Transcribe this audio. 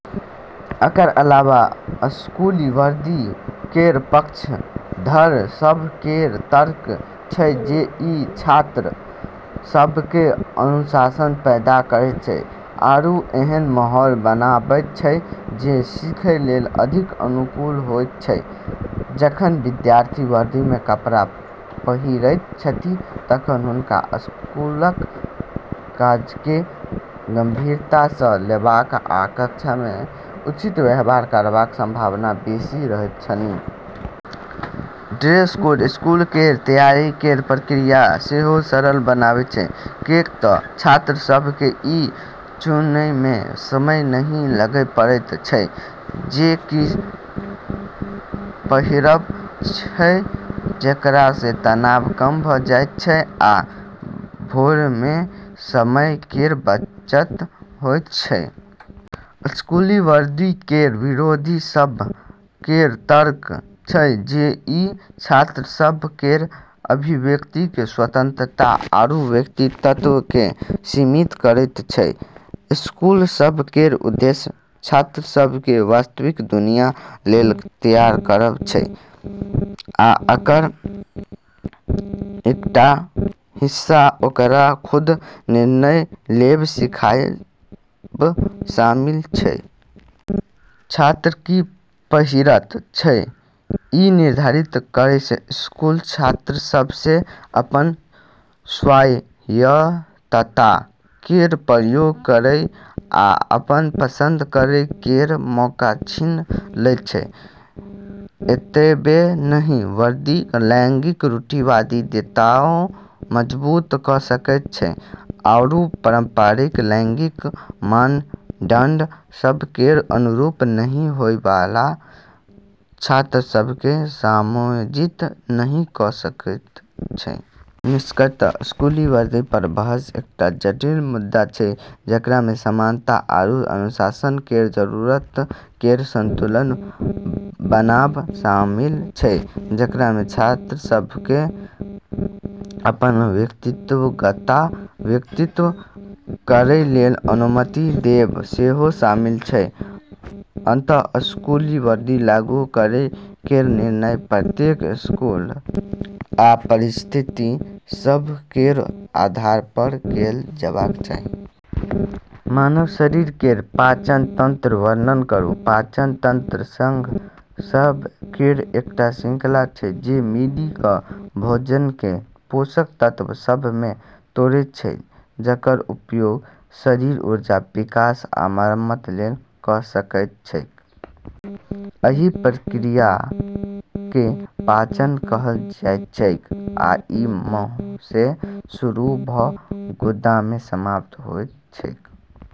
एकर अलावा स्कूली वर्दी केर पक्षधर सभ केर तर्क छै जे ई छात्र सभमे अनुशासन पैदा करैत छै आरू एहन माहौल बनाबैत छै जे सीखै लेल अधिक अनुकूल होइत छै। जखन विद्यार्थी वर्दीमे कपड़ा पहिरैत छथि तखन हुनका स्कूलक काजकेँ गंभीरतासँ लेबाक आ कक्षामे उचित व्यवहार करबाक संभावना बेसी रहैत छनि। ड्रेस कोड स्कूल केर तैयारी केर प्रक्रियाकेँ सेहो सरल बनाबैत छै, किऐक तऽ छात्र सभकेँ ई चुनैमे समय नहि लगै पड़ैत छै जे की पहिरब छै, जेकरासँ तनाव कम भऽ जाइत छै आ भोरमे समय केर बचत होइत छै। स्कूली वर्दी केर विरोधी सभ केर तर्क छै जे ई छात्र सभ केर अभिव्यक्तिकेँ स्वतंत्रता आरू व्यक्तिगतताकेँ सीमित करैत छै। स्कूल सभ केर उद्देश्य छात्र सभकेँ वास्तविक दुनिया लेल तैयार करब छै, आ एकर एकटा हिस्सा ओकरा खुद निर्णय लेब सिखाब शामिल छै। छात्र की पहिरैत छै, ई निर्धारित करैसँ स्कूल छात्र सभसँ अपन स्वायत्तता केर प्रयोग करै आ अपन पसंद करै केर मौका छीन लैत छै। एतबे नहि, वर्दी लैंगिक रूढ़िवादिताकेँ मजबूत कऽ सकैत छै आरू पारंपरिक लैंगिक मानदंड सभ केर अनुरूप नहि होइवाला छात्र सभकेँ समायोजित नहि कऽ सकैत छै। निष्कर्षतः: स्कूली वर्दीपर बहस एकटा जटिल मुद्दा छै जेकरामे समानता आरू अनुशासन केर जरूरत केर संतुलन बनाब शामिल छै, जेकरामे छात्र सभकेँ अपन व्यक्तिगतता व्यक्त करै केर अनुमति देब सेहो शामिल छै। अंततः स्कूली वर्दीकेँ लागू करै केर निर्णय प्रत्येक स्कूल आ ओकर छात्र सभ केर विशिष्ट जरूरत आ परिस्थिति सभ केर आधारपर कएल जेबाक चाही। मानव शरीर केर पाचन तंत्र केर वर्णन करू। पाचन तंत्र अंग सभ केर एकटा श्रृंखला छै जे मिलि कऽ भोजनकेँ पोषक तत्व सभमे तोड़ैत छै जेकर उपयोग शरीर ऊर्जा, विकास आ मरम्मत लेल कऽ सकैत छै। एहि प्रक्रियाकेँ पाचन कहल जाइत छैक, आ ई मुँहसँ शुरू भऽ गुदामे समाप्त होइत छैक।